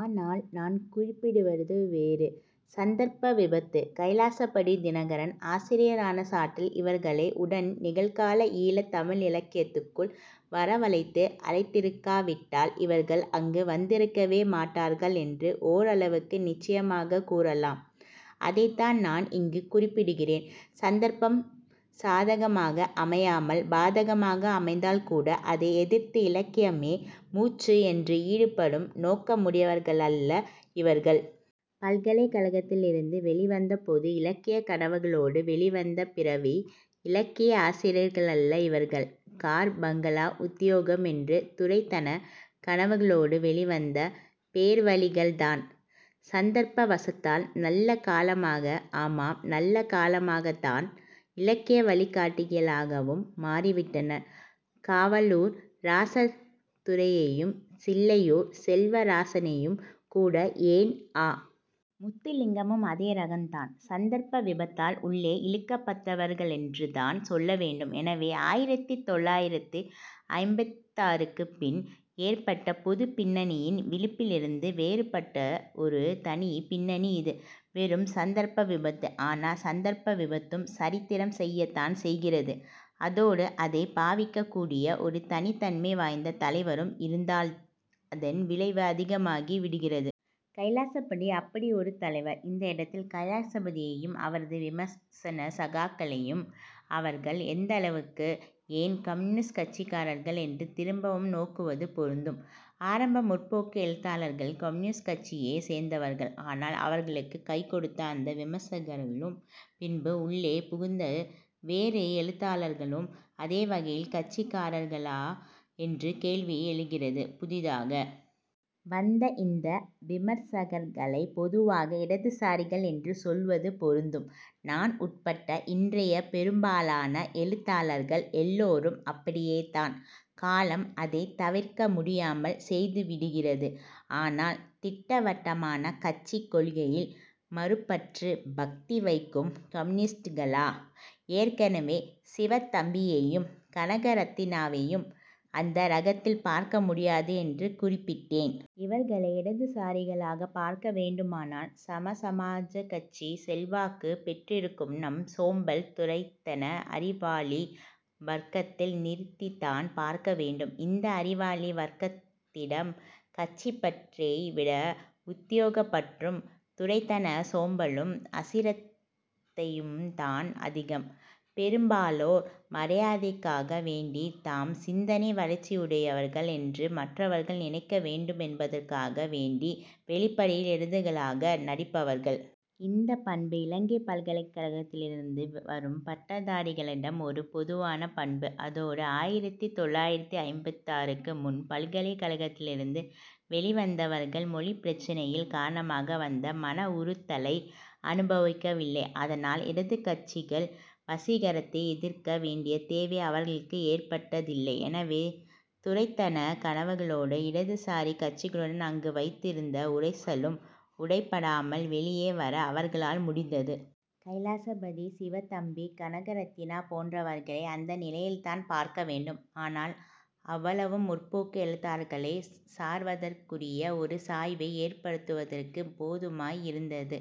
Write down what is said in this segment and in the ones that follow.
ஆனால் நான் குறிப்பிடுவது வேறு. சந்தர்ப்ப விபத்து. கைலாசபதி தினகரன் ஆசிரியரான சாட்டில் இவர்களை உடன்நிகழ்கால ஈழத் தமிழிலக்கியத்துக்குள் வரவழைத்து அழைத்திருக்காவிட்டால் இவர்கள் அங்கு வந்திருக்கவே மாட்டார்கள் என்று ஓரளவுக்கு நிச்சயமாகக் கூறலாம். அதைத்தான் நான் இங்கு குறிப்பிடுகிறேன். சந்தர்ப்பம் சாதகமாக அமையாமல் பாதகமாக அமைந்தால்கூட அதை எதிர்த்து இலக்கியமே மூச்சு என்று ஈடுபடும் நோக்கமுடையவர்களல்ல இவர்கள். பல்கலைக் கழகத்திலிருந்து வெளிவந்த போது இலக்கியக் கனவுகளோடு வெளிவந்த பிறவி இலக்கிய ஆசிரியர்களல்ல இவர்கள். கார் பங்களா உத்தியோகம் என்று துரைத்தனக் கனவுகளோடு வெளிவந்த பேர்வழிகள்தான். சந்தர்ப்ப வசத்தால் நல்லகாலமாக, ஆமாம் நல்லகாலமாகத்தான், இலக்கிய வழிகாட்டிகளாகவும் மாறிவிட்டனர். காவலூர் ராசதுரையையும் சில்லையூர் செல்வராசனையுங்கூட ஏன் அ. முத்துலிங்கமும் அதே ரகந்தான் சந்தர்ப்ப விபத்தால் உள்ளே இழுக்கப்பட்டவர்களென்றுதான் சொல்ல வேண்டும். எனவே ஆயிரத்து தொள்ளாயிரத்து ஐம்பத்தாறுக்குப் பின் ஏற்பட்ட பொதுப் பின்னணியின் விழிப்பிலிருந்து வேறுபட்ட ஒரு தனிப் பின்னணி இது. வெறும் சந்தர்ப்ப விபத்து. ஆனால் சந்தர்ப்ப விபத்தும் சரித்திரம் செய்யத்தான் செய்கிறது. அதோடு அதை பாவிக்கக் கூடிய ஒரு தனித்தன்மை வாய்ந்த தலைவரும் இருந்தால் அதன் விளைவு அதிகமாகி விடுகிறது. கைலாசபதி அப்படி ஒரு தலைவர். இந்த இடத்தில் கைலாசபதியையும் அவரது விமர்சன சகாக்களையும் அவர்கள் எந்தளவுக்கு, ஏன் கம்யூனிஸ்ட் கட்சிக்காரர்கள் என்று திரும்பவும் நோக்குவது பொருந்தும். ஆரம்ப முற்போக்கு எழுத்தாளர்கள் கம்யூனிஸ்ட் கட்சியைச் சேர்ந்தவர்கள். ஆனால் அவர்களுக்குக் கைகொடுத்த அந்த விமர்சகர்களும் பின்பு உள்ளே புகுந்த வேறு எழுத்தாளர்களும் அதே வகையில் கட்சிக்காரர்களா என்று கேள்வி எழுகிறது. புதிதாக வந்த இந்த விமர்சகர்களைப் பொதுவாக இடதுசாரிகள் என்று சொல்வது பொருந்தும். நான் உட்பட்ட இன்றைய பெரும்பாலான எழுத்தாளர்கள் எல்லோரும் அப்படியேதான். காலம் அதைத் தவிர்க்க முடியாமல் செய்துவிடுகிறது. ஆனால், திட்டவட்டமான கட்சிக் கொள்கையில் மறுப்பற்று பக்தி வைக்கும் கம்யூனிஸ்ட்களா? ஏற்கனவே சிவத்தம்பியையும் கனகரத்தினாவையும் அந்த ரகத்தில் பார்க்க முடியாது என்று குறிப்பிட்டேன். இவர்களை இடதுசாரிகளாகப் பார்க்க வேண்டுமானால் சமசமாஜக் கட்சி செல்வாக்குப் பெற்றிருக்கும் நம் சோம்பல் துரைத்தன அறிவாளி வர்க்கத்தில் நிறுத்தித்தான் பார்க்க வேண்டும். இந்த அறிவாளி வர்க்கத்திடம் கட்சிப்பற்றைவிட உத்தியோகப்பற்றும் துரைத்தனச் சோம்பலும் அசிரத்தையுந்தான் அதிகம். பெரும்பாலோர் மரியாதைக்காக வேண்டி, தாம் சிந்தனை வளர்ச்சியுடையவர்கள் என்று மற்றவர்கள் நினைக்க வேண்டுமென்பதற்காக வேண்டி, வெளிப்படையில் இடதுகளாக நடிப்பவர்கள். இந்தப் பண்பு இலங்கைப் பல்கலைக்கழகத்திலிருந்து வரும் பட்டதாரிகளிடம் ஒரு பொதுவான பண்பு. அதோடு ஆயிரத்து தொள்ளாயிரத்து ஐம்பத்தாறுக்கு முன் பல்கலைக் கழகத்திலிருந்து வெளிவந்தவர்கள் மொழிப்பிரச்சினையில் காரணமாக வந்த மன உறுத்தலை அனுபவிக்கவில்லை. அதனால் இடதுக் கட்சிகள் வசீகரத்தை எதிர்க்க வேண்டிய தேவை அவர்களுக்கு ஏற்பட்டதில்லை. எனவே துரைத்தனக் கனவுகளோடு இடதுசாரிக் கட்சிகளுடன் அங்கு வைத்திருந்த உரைசலும் உடைபடாமல் வெளியே வர அவர்களால் முடிந்தது. கைலாசபதி, சிவத்தம்பி, கனகரத்தினா போன்றவர்களை அந்த நிலையில்தான் பார்க்க வேண்டும். ஆனால் அவ்வளவும் 'முற்போக்கு' எழுத்தாளர்களைச் சார்வதற்குரிய ஒரு சாய்வை ஏற்படுத்துவதற்குப் போதுமாய் இருந்தது.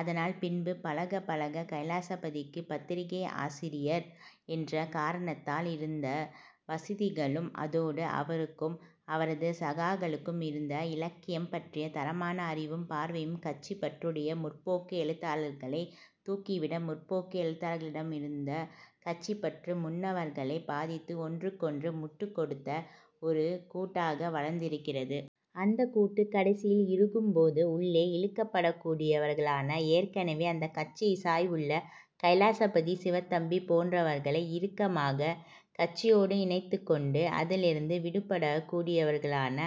அதனால் பின்பு பழகப் பழக கைலாசபதிக்குப் பத்திரிகை ஆசிரியர் என்ற காரணத்தால் இருந்த வசதிகளும் அதோடு அவருக்கும் அவரது சகாக்களுக்கும் இருந்த இலக்கியம் பற்றிய தரமான அறிவும் பார்வையும் கட்சிப் பற்றுடைய 'முற்போக்கு' எழுத்தாளர்களைத் தூக்கிவிட முற்போக்கு எழுத்தாளர்களிடமிருந்த கட்சிப்பற்று முன்னவர்களைப் பாதித்து ஒன்றுக்கொன்று முட்டுக் கொடுத்த ஒரு கூட்டாக வளர்ந்திருக்கிறது. அந்தக் கூட்டு கடைசியில் இறுகும் போது உள்ளே இழுக்கப்படக்கூடியவர்களான ஏற்கனவே அந்தக் கட்சிச் சாய்வுள்ள கைலாசபதி சிவத்தம்பி போன்றவர்களை இறுக்கமாகக் கட்சியோடு இணைத்துக்கொண்டு அதிலிருந்து விடுபடக்கூடியவர்களான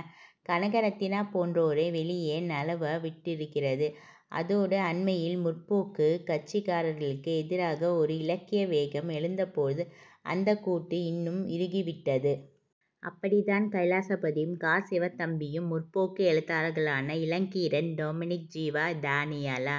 கனகரத்தினா போன்றோரை வெளியே நழுவவிட்டிருக்கிறது. அதோடு அண்மையில் முற்போக்குக் கட்சிக்காரர்களுக்கு எதிராக ஒரு இலக்கிய வேகம் எழுந்தபோது அந்தக் கூட்டு இன்னும் இறுகிவிட்டது. அப்படித்தான் கைலாசபதியும் கா. சிவத்தம்பியும் முற்போக்கு எழுத்தாளர்களான இளங்கீரன் டொமினிக் ஜீவா டானியல